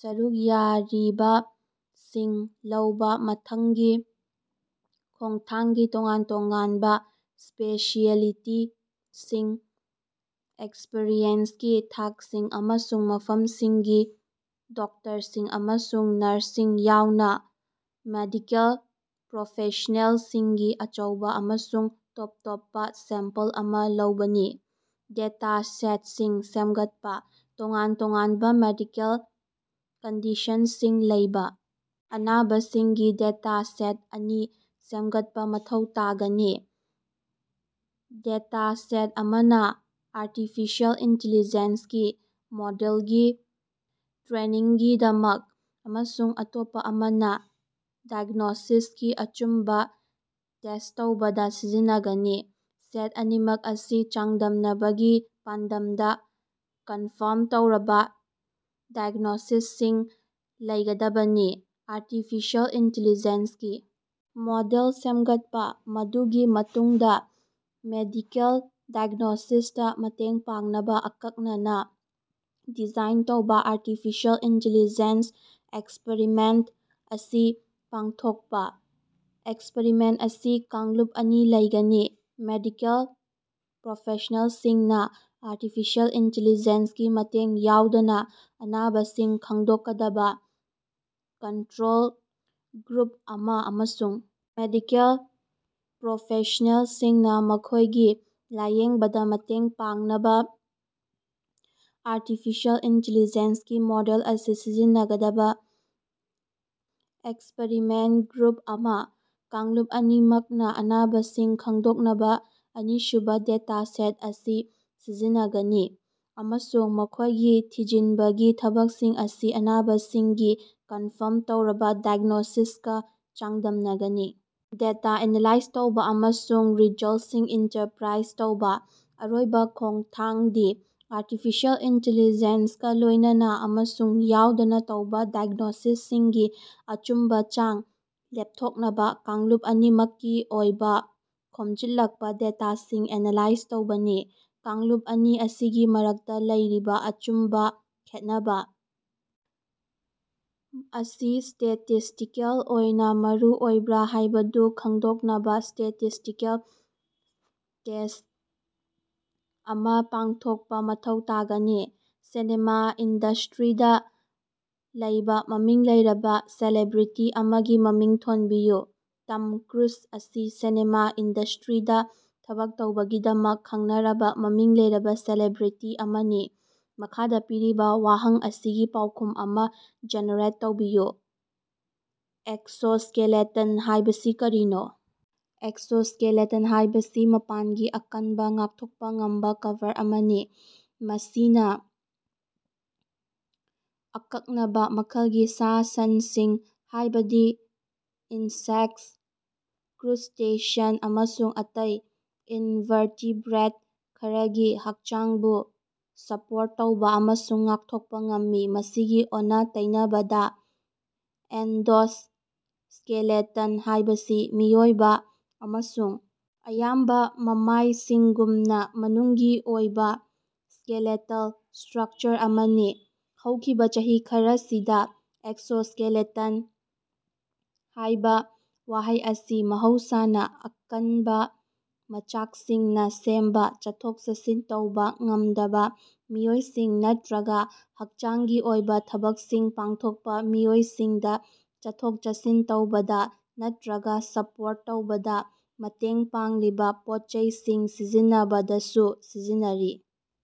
ꯁꯔꯨꯛ ꯌꯥꯔꯤꯕꯁꯤꯡ ꯂꯧꯕꯥ ꯃꯊꯪꯒꯤ ꯈꯣꯡꯊꯥꯡꯗꯤ ꯇꯣꯉꯥꯟ ꯇꯣꯉꯥꯟꯕ ꯁ꯭ꯄꯦꯁꯤꯑꯦꯂꯤꯇꯤꯁꯤꯡ, ꯑꯦꯛꯁꯄꯔꯤꯌꯦꯟꯁꯀꯤ ꯊꯥꯛꯁꯤꯡ, ꯑꯃꯁꯨꯡ ꯃꯐꯝꯁꯤꯡꯒꯤ ꯗꯣꯛꯇꯔꯁꯤꯡ ꯑꯃꯁꯨꯡ ꯅꯔꯁꯁꯤꯡ ꯌꯥꯎꯅ ꯃꯦꯗꯤꯀꯦꯜ ꯄ꯭ꯔꯣꯐꯦꯁ꯭ꯅꯦꯜꯁꯤꯡꯒꯤ ꯑꯆꯧꯕ ꯑꯃꯁꯨꯡ ꯇꯣꯞ ꯇꯣꯞꯄ ꯁꯦꯝꯄꯜ ꯑꯃꯥ ꯂꯧꯕꯅꯤ꯫ ꯗꯦꯇꯥ ꯁꯦꯠꯁꯤꯡ ꯁꯦꯝꯒꯠꯄꯥ: ꯇꯣꯉꯥꯟ ꯇꯣꯉꯥꯟꯕ ꯃꯦꯗꯤꯀꯦꯜ ꯀꯟꯗꯤꯁꯟꯁꯤꯡ ꯂꯩꯕ ꯑꯅꯥꯕꯁꯤꯡꯒꯤ ꯗꯦꯇꯥ ꯁꯦꯠ ꯑꯅꯤ ꯁꯦꯝꯒꯠꯄꯥ ꯃꯊꯧ ꯇꯥꯒꯅꯤ꯫ ꯗꯦꯇꯥ ꯁꯦꯠ ꯑꯃꯅꯥ ꯑꯥꯔꯇꯤꯐꯤꯁꯤꯑꯦꯜ ꯏꯟꯇ‌ꯦꯂꯤꯖ‌ꯦꯟꯁꯒꯤ ꯃꯣꯗꯦꯜꯒꯤ ꯇ꯭ꯔꯦꯅꯤꯡꯒꯤꯗꯃꯛ ꯑꯃꯁꯨꯡ ꯑꯇꯣꯞꯄꯥ ꯑꯃꯅ ꯗꯥꯏꯒ꯭ꯅꯣꯁꯤꯁꯀꯤ ꯑꯆꯨꯝꯕ ꯇꯦꯁ꯭ꯠ ꯇꯧꯕꯗ ꯁꯤꯖꯤꯟꯅꯒꯅꯤ꯫ ꯁꯦꯠ ꯑꯅꯤꯃꯛ ꯑꯁꯤ ꯆꯥꯡꯗꯝꯅꯕꯒꯤ ꯄꯥꯟꯗꯝꯗ ꯀꯟꯐꯥꯔꯝ ꯇꯧꯔꯕ ꯗꯥꯏꯑꯦꯒ꯭ꯅꯣꯁꯤꯁꯁꯤꯡ ꯂꯩꯒꯗꯕꯅꯤ꯫ ꯑꯥꯔꯇꯤꯐꯤꯁꯤꯑꯦꯜ ꯏꯟꯇ‌ꯦꯂꯤꯖ‌ꯦꯟꯁꯒꯤ ꯃꯣꯗꯦꯜ ꯁꯦꯝꯒꯠꯄꯥ: ꯃꯗꯨꯒꯤ ꯃꯇꯨꯡꯗꯥ ꯃꯦꯗꯤꯀꯦꯜ ꯗꯥꯏꯒ꯭ꯅꯣꯁꯤꯁꯇꯥ ꯃꯇꯦꯡ ꯄꯥꯡꯅꯕ ꯑꯀꯛꯅꯅꯥ ꯗꯤꯖꯥꯏꯟ ꯇꯧꯕꯥ ꯑꯥꯔꯇꯤꯐꯤꯁꯤꯑꯦꯜ ꯏꯟꯇ‌ꯦꯂꯤꯖ‌ꯦꯟꯁ ꯑꯦꯛꯁꯄꯔꯤꯃꯦꯟꯠ ꯑꯁꯤ ꯄꯥꯡꯊꯣꯛꯄꯥ: ꯑꯦꯛꯁꯄꯔꯤꯃꯦꯟꯠ ꯑꯁꯤ ꯀꯥꯡꯂꯨꯞ ꯑꯅꯤ ꯂꯩꯒꯅꯤ; ꯃꯦꯗꯤꯀꯦꯜ ꯄ꯭ꯔꯣꯐꯦꯁ꯭ꯅꯦꯜꯁꯤꯡꯅ ꯑꯥꯔꯇꯤꯐꯤꯁꯤꯑꯦꯜ ꯏꯟꯇ‌ꯦꯂꯤꯖ‌ꯦꯟꯁꯒꯤ ꯃꯇꯦꯡ ꯌꯥꯎꯗꯅ ꯑꯅꯥꯕꯁꯤꯡ ꯈꯪꯗꯣꯛꯀꯗꯕ ꯀꯟꯇꯔꯣꯜ ꯒ꯭ꯔꯨꯞ ꯑꯃꯥ ꯑꯃꯁꯨꯡ ꯃꯦꯗꯤꯀꯦꯜ ꯄ꯭ꯔꯣꯐꯦꯁ꯭ꯅꯦꯜꯁꯤꯡꯅ ꯃꯈꯣꯏꯒꯤ ꯂꯥꯌꯦꯡꯕꯗ ꯃꯇꯦꯡ ꯄꯥꯡꯅꯕꯥ ꯑꯥꯔꯇꯤꯐꯤꯁꯤꯑꯦꯜ ꯏꯟꯇ‌ꯦꯂꯤꯖ‌ꯦꯟꯁꯒꯤ ꯃꯣꯗꯦꯜ ꯑꯁꯤ ꯁꯤꯖꯤꯟꯅꯒꯗꯕ ꯑꯦꯛꯁꯄꯤꯔꯤꯃꯦꯟꯠ ꯒ꯭ꯔꯨꯞ ꯑꯃꯥ꯫ ꯀꯥꯡꯂꯨꯞ ꯑꯅꯤꯃꯛꯅꯥ ꯑꯅꯥꯕꯁꯤꯡ ꯈꯪꯗꯣꯛꯅꯕ ꯑꯅꯤꯁꯨꯕ ꯗꯦꯇꯥ ꯁꯦꯠ ꯑꯁꯤ ꯁꯤꯖꯤꯟꯅꯒꯅꯤ, ꯑꯃꯁꯨꯡ ꯃꯈꯣꯏꯒꯤ ꯊꯤꯖꯤꯟꯕꯒꯤ ꯊꯕꯛꯁꯤꯡ ꯑꯁꯤ ꯑꯅꯥꯕꯁꯤꯡꯒꯤ ꯀꯟꯐꯔꯝ ꯇꯧꯔꯕ ꯗꯥꯏꯒ꯭ꯅꯣꯁꯤꯁꯀꯥ ꯆꯥꯡꯗꯝꯅꯒꯅꯤ꯫ ꯗꯦꯇꯥ ꯑꯦꯅꯥꯂꯥꯏꯖ ꯇꯧꯕ ꯑꯃꯁꯨꯡ ꯔꯤꯖꯜꯠꯁꯤꯡ ꯏꯟꯇꯔꯄꯔꯥꯏꯖ ꯇꯧꯕꯥ: ꯑꯔꯣꯏꯕ ꯈꯣꯡꯊꯥꯡꯗꯤ ꯑꯥꯔꯇꯤꯐꯤꯁꯤꯑꯦꯜ ꯏꯟꯇ‌ꯦꯂꯤꯖ‌ꯦꯟꯁꯒꯥ ꯂꯣꯏꯅꯅꯥ ꯑꯃꯁꯨꯡ ꯌꯥꯎꯗꯅ ꯇꯧꯕ ꯗꯥꯏꯒ꯭ꯅꯣꯁꯤꯁꯁꯤꯡꯒꯤ ꯑꯆꯨꯝꯕ ꯆꯥꯡ ꯂꯦꯞꯊꯣꯛꯅꯕ ꯀꯥꯡꯂꯨꯞ ꯑꯅꯤꯃꯛꯀꯤ ꯑꯣꯏꯅ ꯈꯣꯝꯖꯤꯜꯂꯛꯄ ꯗꯦꯇꯥꯁꯤꯡ ꯑꯦꯅꯥꯂꯥꯏꯖ ꯇꯧꯕꯅꯤ꯫ ꯀꯥꯡꯂꯨꯞ ꯑꯅꯤ ꯑꯁꯤꯒꯤ ꯃꯔꯛꯇ ꯂꯩꯔꯤꯕ ꯑꯆꯨꯝꯕ ꯈꯦꯠꯅꯕ ꯑꯁꯤ ꯁ꯭ꯇꯦꯇꯤꯁ꯭ꯇꯤꯀꯦꯜ ꯑꯣꯏꯅ ꯃꯔꯨ ꯑꯣꯏꯕꯔꯥ ꯍꯥꯏꯕꯗꯨ ꯈꯪꯗꯣꯛꯅꯕꯥ ꯁ꯭ꯇꯦꯇꯤꯁ꯭ꯇꯤꯀꯦꯜ ꯇꯦꯁ꯭ꯠ ꯑꯃꯥ ꯄꯥꯡꯊꯣꯛꯄꯥ ꯃꯊꯧ ꯇꯥꯒꯅꯤ꯫ ꯁꯤꯅꯦꯃꯥ ꯏꯟꯗꯁ꯭ꯇꯔꯤꯗꯥ ꯂꯩꯕ ꯃꯃꯤꯡ ꯂꯩꯔꯕ ꯁꯦꯂꯤꯕ꯭ꯔꯦꯇꯤ ꯑꯃꯒꯤ ꯃꯃꯤꯡ ꯊꯣꯟꯕꯤꯌꯨ꯫ ꯇꯝ ꯀ꯭ꯔꯨꯏꯖ ꯑꯁꯤ ꯁꯤꯅꯦꯃꯥ ꯏꯟꯗꯁ꯭ꯇꯔꯤꯗꯥ ꯊꯕꯛ ꯇꯧꯕꯒꯤꯗꯃꯛ ꯈꯪꯅꯔꯕ ꯃꯃꯤꯡ ꯂꯩꯔꯕ ꯁꯦꯂꯤꯕ꯭ꯔꯦꯇꯤ ꯑꯃꯅꯤ꯫ ꯃꯈꯥꯗ ꯄꯤꯔꯤꯕ ꯋꯥꯍꯪ ꯑꯁꯤꯒꯤ ꯄꯥꯎꯈꯨꯝ ꯑꯃꯥ ꯖꯦꯅꯦꯔꯦꯠ ꯇꯧꯕꯤꯌꯨ꯫ ꯑꯦꯛꯁꯣꯁ꯭ꯀꯦꯂꯤꯇꯟ ꯍꯥꯏꯕꯁꯤ ꯀꯔꯤꯅꯣ? ꯑꯦꯛꯁꯣꯁ꯭ꯀꯦꯂꯤꯇꯟ ꯍꯥꯏꯕꯁꯤ ꯃꯄꯥꯟꯒꯤ, ꯑꯀꯟꯕ, ꯉꯥꯛꯊꯣꯛꯄꯥ ꯉꯝꯕ ꯀꯚꯔ ꯑꯃꯅꯤ, ꯃꯁꯤꯅ ꯑꯀꯛꯅꯕ ꯃꯈꯜꯒꯤ ꯁꯥ ꯁꯟꯁꯤꯡ ꯍꯥꯏꯕꯗꯤ ꯏꯟꯁꯦꯛꯠ, ꯀ꯭ꯔꯨꯁ꯭ꯇꯦꯁꯟ ꯑꯃꯁꯨꯡ ꯑꯇꯩ ꯏꯟꯚꯥꯔꯇꯦꯕ꯭ꯔꯦꯠ ꯈꯔꯒꯤ ꯍꯛꯆꯥꯡꯕꯨ ꯁꯄꯣꯔꯠ ꯇꯧꯕ ꯑꯃꯁꯨꯡ ꯉꯥꯛꯊꯣꯛꯄ ꯉꯝꯃꯤ꯫ ꯃꯁꯤꯒꯤ ꯑꯣꯟꯅ ꯇꯩꯅꯕꯗꯥ, ꯑꯦꯟꯗꯣꯁ꯭ꯀꯦꯂꯤꯇꯟ ꯍꯥꯏꯕꯁꯤ ꯃꯤꯑꯣꯏꯕ ꯑꯃꯁꯨꯡ ꯑꯌꯥꯝꯕ ꯃꯃꯥꯏꯁꯤꯡꯒꯨꯝꯅ ꯃꯅꯨꯡꯒꯤ ꯑꯣꯏꯕꯥ ꯁ꯭ꯀꯦꯂꯦꯇꯜ ꯁ꯭ꯇꯔꯛꯆꯔ ꯑꯃꯅꯤ꯫ ꯍꯧꯈꯤꯕꯥ ꯆꯍꯤ ꯈꯔꯁꯤꯗꯥ, ꯑꯦꯛꯁꯣꯁ꯭ꯀꯦꯂꯤꯇꯟ ꯍꯥꯏꯕ ꯋꯥꯍꯩ ꯑꯁꯤ ꯃꯍꯧꯁꯥꯅꯥ ꯑꯀꯟꯕ ꯃꯆꯥꯛꯁꯤꯡꯅ ꯁꯦꯝꯕꯥ, ꯆꯠꯊꯣꯛ-ꯆꯠꯁꯤꯟ ꯇꯧꯕ ꯉꯝꯗꯕ ꯃꯤꯑꯣꯏꯁꯤꯡ ꯅꯠꯇꯔꯒꯥ ꯍꯛꯆꯥꯡꯒꯤ ꯑꯣꯏꯕ ꯊꯕꯛꯁꯤꯡ ꯄꯥꯡꯊꯣꯛꯄꯥ ꯃꯤꯑꯣꯏꯁꯤꯡꯗ ꯆꯠꯊꯣꯛ ꯆꯠꯁꯤꯟ ꯇꯧꯕꯗ ꯅꯠꯇꯔꯒ ꯁꯄꯣꯔꯠ ꯇꯧꯕꯗ ꯃꯇꯦꯡ ꯄꯥꯡꯂꯤꯕ ꯄꯣꯠꯆꯩꯁꯤꯡ ꯁꯤꯖꯤꯟꯅꯕꯗꯁꯨ ꯁꯤꯖꯤꯟꯅꯔꯤ꯫